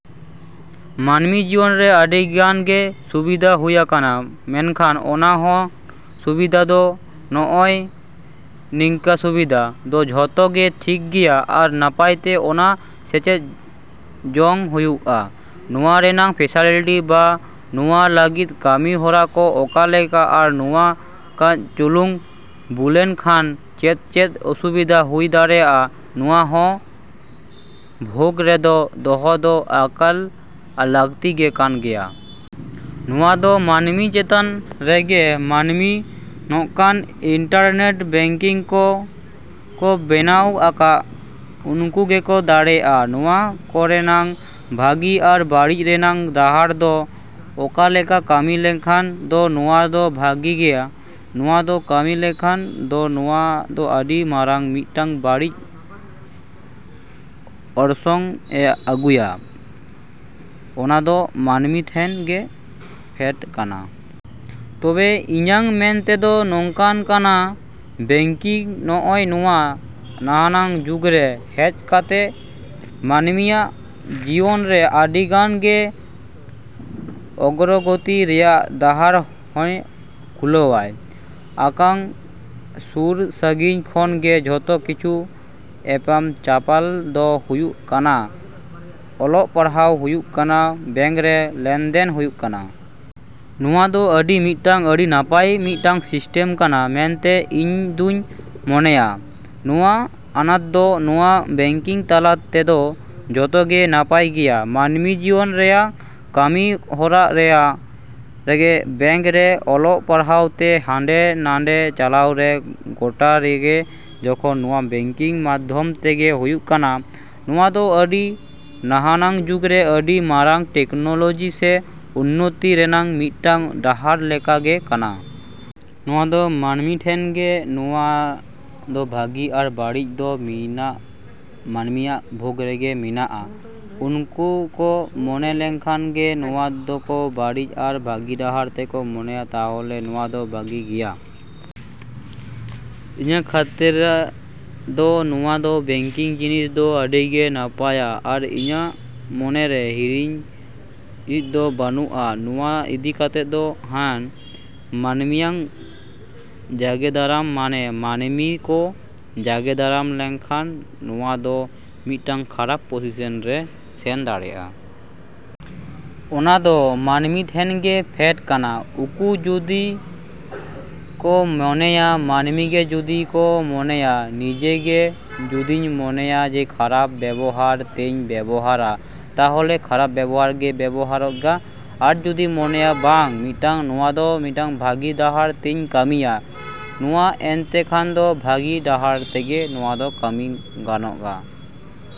ᱢᱟᱹᱱᱢᱤ ᱡᱤᱭᱚᱱ ᱨᱮ ᱟᱹᱰᱤ ᱜᱟᱱ ᱜᱮ ᱥᱩᱵᱤᱫᱟ ᱦᱩᱭ ᱟᱠᱟᱱᱟ᱾ ᱢᱮᱱᱠᱷᱟᱱ ᱚᱱᱟ ᱦᱚᱸ ᱥᱩᱵᱤᱫᱟ ᱫᱚ ᱱᱚᱜᱼᱚᱭ ᱱᱤᱝᱠᱟᱹ ᱥᱩᱵᱤᱫᱟ ᱫᱚ ᱡᱚᱛᱚ ᱜᱮ ᱴᱷᱤᱠ ᱜᱮᱭᱟ, ᱟᱨ ᱱᱟᱯᱟᱭ ᱛᱮ ᱚᱱᱟ ᱥᱮᱪᱮᱫ ᱡᱚᱝ ᱦᱩᱭᱩᱜᱼᱟ᱾ ᱱᱚᱣᱟ ᱨᱮᱱᱟᱜ ᱯᱷᱮᱥᱮᱞᱤᱴᱤ ᱵᱟ ᱱᱚᱣᱟ ᱞᱟᱜᱟᱫ ᱠᱟᱹᱢᱤ ᱦᱚᱨᱟ ᱠᱚ ᱚᱠᱟ ᱞᱮᱠᱟ ᱟᱨ ᱱᱚᱣᱟ ᱠᱟᱹᱡ ᱪᱩᱞᱩᱝ ᱵᱷᱩᱞᱮᱱ ᱠᱷᱟᱱ ᱪᱮᱫᱼᱪᱮᱫ ᱚᱥᱩᱵᱤᱫᱟ ᱦᱩᱭ ᱫᱟᱲᱮᱭᱟᱜᱼᱟ, ᱱᱚᱣᱟ ᱦᱚᱸ ᱵᱚᱦᱚᱜ ᱨᱮᱫᱚ ᱫᱚᱦᱚ ᱫᱚ ᱮᱠᱟᱞ ᱞᱟᱹᱠᱛᱤ ᱜᱮ ᱠᱟᱱ ᱜᱮᱭᱟ᱾ ᱱᱚᱣᱟ ᱫᱚ ᱢᱟᱹᱱᱢᱤ ᱪᱮᱛᱟᱱ ᱨᱮᱜᱮ᱾ ᱢᱟᱹᱱᱢᱤ ᱱᱚᱝᱠᱟᱱ ᱤᱱᱴᱟᱨᱱᱮᱴ ᱵᱮᱝᱠᱤᱝ ᱠᱚ ᱠᱚ ᱵᱮᱱᱟᱣ ᱟᱠᱟᱜᱼᱟ, ᱩᱱᱠᱩ ᱜᱮᱠᱚ ᱫᱟᱲᱮᱭᱟᱜᱼᱟ ᱱᱚᱣᱟ ᱠᱚᱨᱮᱱᱟᱜ ᱵᱷᱟᱹᱜᱤ ᱟᱨ ᱵᱟᱹᱲᱤᱡ ᱨᱮᱱᱟᱜ ᱰᱟᱦᱟᱨ ᱫᱚ ᱚᱠᱟ ᱞᱮᱠᱟ ᱠᱟᱹᱢᱤ ᱞᱮᱠᱷᱟᱱ ᱫᱚ ᱱᱚᱣᱟ ᱫᱚ ᱵᱷᱟᱹᱜᱤᱜᱼᱟ, ᱱᱚᱣᱟ ᱫᱚ ᱠᱟᱹᱢᱤ ᱞᱮᱠᱷᱟᱱ ᱫᱚ ᱱᱚᱣᱟ ᱫᱚ ᱟᱹᱰᱤ ᱢᱟᱨᱟᱝ ᱢᱤᱫᱴᱟᱝ ᱵᱟᱹᱲᱤᱡ ᱚᱨᱥᱚᱝ ᱮ ᱟᱹᱜᱩᱭᱟ, ᱚᱱᱟ ᱫᱚ ᱢᱟᱹᱱᱢᱤ ᱴᱷᱮᱱ ᱜᱮ ᱯᱷᱮᱰ ᱠᱟᱱᱟ᱾ ᱛᱚᱵᱮ ᱤᱧᱟᱹᱜ ᱢᱮᱱ ᱛᱮᱫᱚ ᱱᱚᱝᱠᱟᱱ ᱠᱟᱱᱟ, ᱵᱮᱝᱠᱤᱝ ᱱᱚᱜᱼᱚᱭ ᱱᱚᱣᱟ ᱱᱟᱦᱟᱜ ᱡᱩᱜᱽ ᱨᱮ ᱦᱮᱡ ᱠᱟᱛᱮ ᱢᱟᱹᱱᱢᱤᱭᱟᱜ ᱡᱤᱭᱚᱱ ᱨᱮ ᱟᱹᱰᱤ ᱜᱟᱱ ᱜᱮ ᱚᱜᱨᱚᱜᱚᱛᱤ ᱨᱮᱭᱟᱜ ᱰᱟᱦᱟᱨ ᱦᱚᱸᱭ ᱠᱷᱩᱞᱟᱹᱣ ᱟᱠᱟᱜᱼᱟ᱾ ᱥᱩᱨᱼᱥᱟᱺᱜᱤᱧ ᱠᱷᱚᱱ ᱜᱮ ᱡᱚᱛᱚ ᱠᱤᱪᱷᱩ ᱮᱯᱮᱢ ᱪᱟᱯᱟᱞ ᱫᱚ ᱦᱩᱭᱩᱜ ᱠᱟᱱᱟ, ᱚᱞᱚᱜ ᱯᱟᱲᱦᱟᱣ ᱦᱩᱭᱩᱜ ᱠᱟᱱᱟ, ᱵᱮᱝᱠ ᱨᱮ ᱞᱮᱱ ᱫᱮᱱ ᱦᱩᱭᱩᱜ ᱠᱟᱱᱟ᱾ ᱱᱚᱣᱟ ᱫᱚ ᱟᱹᱰᱤ ᱢᱤᱫᱴᱟᱹᱝ ᱟᱹᱰᱤ ᱱᱟᱯᱟᱭ ᱢᱤᱫᱴᱟᱹᱝ ᱥᱤᱥᱴᱮᱢ ᱠᱟᱱᱟ ᱢᱮᱱᱛᱮ ᱤᱧ ᱫᱩᱧ ᱢᱚᱱᱮᱭᱮᱜᱼᱟ᱾ ᱱᱚᱣᱟ ᱟᱱᱟᱴ ᱫᱚ ᱱᱚᱣᱟ ᱵᱮᱝᱠᱤᱝ ᱛᱟᱞᱟ ᱛᱮᱫᱚ ᱡᱚᱛᱚ ᱜᱮ ᱱᱟᱯᱟᱭ ᱜᱮᱭᱟ᱾ ᱢᱟᱹᱱᱢᱤ ᱡᱤᱭᱚᱱ ᱨᱮᱭᱟᱜ ᱠᱟᱹᱢᱤ ᱦᱚᱨᱟ ᱨᱮᱜᱮ, ᱵᱮᱝᱠ ᱨᱮ, ᱚᱞᱚᱜ ᱯᱟᱲᱦᱟᱣ ᱨᱮ, ᱦᱟᱸᱰᱮ-ᱱᱟᱰᱮ ᱪᱟᱞᱟᱣ ᱨᱮ, ᱜᱚᱴᱟ ᱨᱮᱜᱮ ᱡᱚᱠᱷᱚᱱ ᱱᱚᱣᱟ ᱵᱮᱝᱠᱤᱝ ᱢᱟᱫᱷᱚᱢ ᱛᱮᱜᱮ ᱦᱩᱭᱩᱜ ᱠᱟᱱᱟ, ᱱᱚᱣᱟ ᱫᱚ ᱟᱹᱰᱤ ᱱᱟᱦᱟᱜ ᱡᱩᱜᱽ ᱨᱮ ᱟᱹᱰᱤ ᱢᱟᱨᱟᱝ ᱴᱮᱠᱱᱚᱞᱚᱡᱤ ᱥᱮ ᱩᱱᱱᱚᱛᱚ ᱨᱮᱱᱟᱜ ᱢᱤᱫᱴᱟᱝ ᱰᱟᱦᱟᱨ ᱞᱮᱠᱟ ᱜᱮ ᱠᱟᱱᱟ᱾ ᱱᱚᱣᱟ ᱫᱚ ᱢᱟᱹᱱᱢᱤ ᱴᱷᱮᱱ ᱜᱮ᱾ ᱱᱚᱣᱟ ᱫᱚ ᱵᱷᱟᱹᱜᱤ ᱟᱨ ᱵᱟᱹᱲᱤᱡ ᱫᱚ ᱢᱟᱹᱱᱢᱤᱭᱟᱜ ᱵᱚᱦᱚᱜ ᱨᱮᱜᱮ ᱢᱮᱱᱟᱜᱼᱟ᱾ ᱩᱱᱠᱩ ᱠᱚ ᱢᱚᱱᱮ ᱞᱮᱠᱷᱟᱱ ᱜᱮ ᱱᱚᱣᱟ ᱫᱚᱠᱚ ᱵᱟᱹᱲᱤᱡᱟ ᱟᱨ ᱵᱷᱟᱹᱜᱤ ᱰᱟᱦᱟᱨ ᱛᱮᱠᱚ ᱢᱚᱱᱮᱭᱟ ᱛᱟᱦᱚᱞᱮ ᱱᱚᱣᱟ ᱫᱚ ᱵᱷᱟᱹᱜᱤ ᱜᱮᱭᱟ᱾ ᱤᱧ ᱠᱷᱮᱛᱨᱮ ᱫᱚ ᱱᱚᱣᱟ ᱫᱚ ᱵᱮᱝᱠᱤᱝ ᱡᱤᱱᱤᱥ ᱫᱚ ᱟᱹᱰᱤ ᱜᱮ ᱱᱟᱯᱟᱭᱟ ᱟᱨ ᱤᱧᱟᱹᱜ ᱢᱚᱱᱮ ᱨᱮ ᱦᱤᱲᱤᱡ ᱫᱚ ᱵᱟᱹᱱᱩᱜᱼᱟ ᱱᱚᱣᱟ ᱤᱫᱤ ᱠᱟᱛᱮ ᱫᱚ᱾ ᱦᱮᱸ, ᱢᱟᱹᱱᱢᱤᱭᱟᱜ ᱡᱟᱸᱜᱮᱫᱟᱨᱟᱢ ᱢᱟᱱᱮ ᱢᱟᱹᱱᱢᱤ ᱠᱚ ᱡᱟᱸᱜᱮᱫᱟᱨᱟᱢ ᱞᱮᱠᱷᱟᱱ ᱱᱚᱣᱟ ᱫᱚ ᱢᱤᱫᱴᱟᱝ ᱠᱷᱟᱨᱟᱯ ᱯᱚᱡᱤᱥᱚᱱ ᱨᱮ ᱥᱮᱱ ᱫᱟᱲᱮᱭᱟᱜᱼᱟ᱾ ᱚᱱᱟ ᱫᱚ ᱢᱟᱹᱱᱢᱤ ᱴᱷᱮᱱ ᱜᱮ ᱯᱷᱮᱰ ᱠᱟᱱᱟ᱾ ᱩᱱᱠᱩ ᱡᱩᱫᱤ ᱠᱚ ᱢᱚᱱᱮᱭᱟ, ᱢᱟᱹᱱᱢᱤ ᱜᱮ ᱡᱩᱫᱤ ᱠᱚ ᱢᱚᱱᱮᱭᱟ, ᱱᱤᱡᱮ ᱜᱮ ᱡᱩᱫᱤᱧ ᱢᱚᱱᱮᱭᱟ ᱡᱮ ᱠᱷᱟᱨᱟᱯ ᱵᱮᱵᱚᱦᱟᱨ ᱛᱮᱧ ᱵᱮᱵᱚᱦᱟᱨᱟ, ᱛᱟᱦᱚᱞᱮ ᱠᱷᱟᱨᱟᱯ ᱵᱮᱵᱚᱦᱟᱨ ᱜᱮ ᱵᱮᱵᱚᱦᱟᱨᱚᱜᱼᱟ᱾ ᱟᱨ ᱡᱩᱫᱤ ᱢᱚᱱᱮᱭᱟ ᱵᱟᱝ ᱢᱤᱫᱴᱟᱹᱝ ᱱᱚᱣᱟ ᱫᱚ ᱢᱤᱫᱴᱟᱝ ᱵᱷᱟᱹᱜᱤ ᱰᱟᱦᱟᱨ ᱛᱮᱧ ᱠᱟᱹᱢᱤᱭᱟ, ᱱᱚᱣᱟ ᱮᱱᱛᱮ ᱠᱷᱟᱱ ᱫᱚ ᱵᱷᱟᱹᱜᱤ ᱰᱟᱦᱟᱨ ᱛᱮᱜᱮ ᱱᱚᱣᱟ ᱫᱚ ᱠᱟᱹᱢᱤ ᱜᱟᱱᱚᱜᱼᱟ᱾